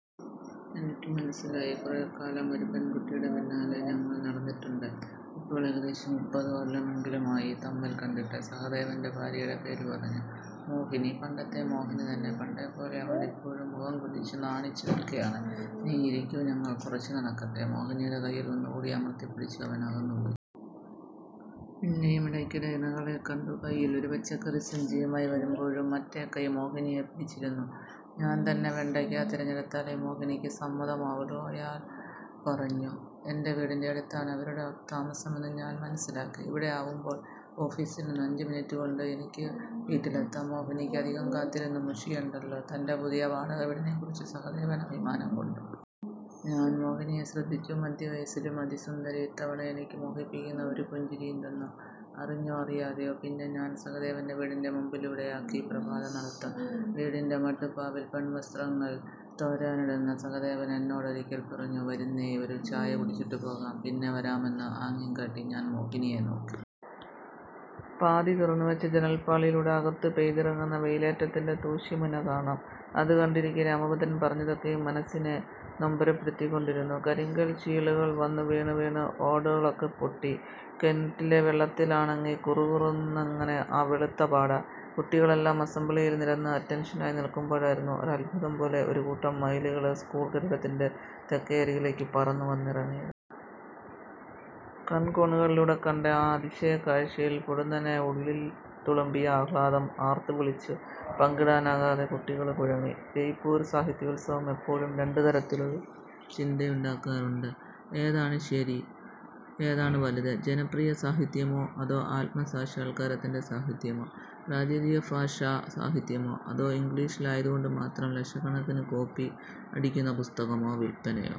എനിക്ക് മനസ്സിലായി. കുറേക്കാലം ഒരു പെൺകുട്ടിയുടെ പിന്നാലെ ഞങ്ങൾ നടന്നിട്ടുണ്ട്. ഇപ്പോൾ ഏകദേശം മുപ്പതുകൊല്ലമെങ്കിലുമായി തമ്മിൽ കണ്ടിട്ട്. സഹദേവന്റെ ഭാര്യയുടെ പേരുപറഞ്ഞു:മോഹിനി. പണ്ടത്തെ മോഹിനി തന്നെ. പണ്ടേപ്പോലെ അവൾ ഇപ്പോഴും മുഖംകുനിച്ച് നാണിച്ചു നിൽക്കുകയാണ്. ''നീയിരിക്കൂ. ഞങ്ങൾ കുറച്ചുനടക്കട്ടെ. ''മോഹിനിയുടെ കൈയിൽ ഒന്നുകൂടി അമർത്തിപ്പിടിച്ച് അവൻ അകന്നുപോയി. പിന്നെയും ഇടയ്ക്കിടെ ഇണകളെ കണ്ടു. കൈയിലൊരു പച്ചക്കറിസഞ്ചിയുമായി വരുമ്പോഴും മറ്റേക്കൈ മോഹിനിയെ പിടിച്ചിരുന്നു. ''ഞാൻതന്നെ വെണ്ടയ്ക്ക തിരഞ്ഞെടുത്താലേ മോഹിനിക്ക് സമ്മതമാവുള്ളൂ'',അയാൾ പറഞ്ഞു. എന്റെ വീടിന്റെ അടുത്താണ് അവരുടെ താമസമെന്ന് ഞാൻ മനസ്സിലാക്കി. ''ഇവിടെയാവുമ്പോൾ ഓഫീസിൽനിന്ന് അഞ്ചുമിനിട്ടുകൊണ്ട് എനിക്ക് വീട്ടിലെത്താം. മോഹിനിക്ക് അധികം കാത്തിരുന്ന് മുഷിയണ്ടല്ലോ. '',തന്റെ പുതിയ വാടകവീടിനെക്കുറിച്ച് സഹദേവൻ അഭിമാനംകൊണ്ടു. ഞാൻ മോഹിനിയെ ശ്രദ്ധിച്ചു. മധ്യവയസ്സിലും അതിസുന്ദരി. ഇത്തവണ എനിക്ക് മോഹിപ്പിക്കുന്ന ഒരു പുഞ്ചിരിയും തന്നു. അറിഞ്ഞോ അറിയാതെയോ. പിന്നെ ഞാൻ സഹദേവന്റെ വീടിന്റെ മുമ്പിലൂടെയാക്കി പ്രഭാതനടത്തം. വീടിന്റെ മട്ടുപ്പാവിൽ പെൺവസ്ത്രങ്ങൾ തോരാനിടുന്ന സഹദേവൻ എന്നോടൊരിക്കൽ പറഞ്ഞു:''വരൂന്നേ, ഒരു ചായകുടിച്ചിട്ട് പോകാം. ''പിന്നെവരാമെന്ന് ആംഗ്യംകാട്ടി ഞാൻ മോഹിനിയെ നോക്കി. പാതി തുറന്നുവെച്ച ജനൽപ്പാളിയിലൂടെ അകത്ത് പെയ്തിറങ്ങുന്ന വെയിലേറ്റത്തിന്റെ തൂശിമുന കാണാം. അതുകണ്ടിരിക്കെ രാമഭദ്രൻ പറഞ്ഞതൊക്കെയും മനസ്സിനെ നൊമ്പരപ്പെടുത്തിക്കൊണ്ടിരുന്നു. ''കരിങ്കൽച്ചീളോള് വന്നു വീണുവീണ് ഓടോളൊക്കേം പൊട്ടി. കെന്റിലെ വെള്ളത്തിലാണങ്ങി കുറുകുറുന്നനെ ആ വെളുത്ത പാട. കുട്ടികളെല്ലാം അസംബ്ലിയില് നിരന്ന് അറ്റന്ഷനായി നില്ക്കുമ്പോഴായിരുന്നു ഒരദ്ഭുതംപോലെ, ഒരുകൂട്ടം മയിലുകള് സ്കൂള് കെട്ടിടത്തിന്റെ തെക്കേയരികിലേക്ക് പറന്നുവന്നിറങ്ങിയത്. കണ്കോണുകളിലൂടെ കണ്ട ആ അതിശയക്കാഴ്ചയില് പൊടുന്നനെ ഉള്ളില്ത്തുളുമ്പിയ ആഹ്ലാദം ആര്ത്തുവിളിച്ച് പങ്കിടാനാകാതെ കുട്ടികള് കുഴങ്ങി. ജയ്പൂര് സാഹിത്യോത്സവം എപ്പോഴും രണ്ട് തരത്തിലുള്ള ചിന്തയുണ്ടാക്കാറുണ്ട്:ഏതാണ് ശരി. ഏതാണ് വലുത്. ജനപ്രിയസാഹിത്യമോ അതോ'ആത്മസാക്ഷാത്കാര'ത്തിന്റെ സാഹിത്യമോ. പ്രാദേശിക ഭാഷാ സാഹിത്യമോ അതോ ഇംഗ്ലീഷിലായതുകൊണ്ടുമാത്രം ലക്ഷക്കണക്കിന് കോപ്പി അടിയ്ക്കുന്ന പുസ്തകമോ. വില്പ്പനയോ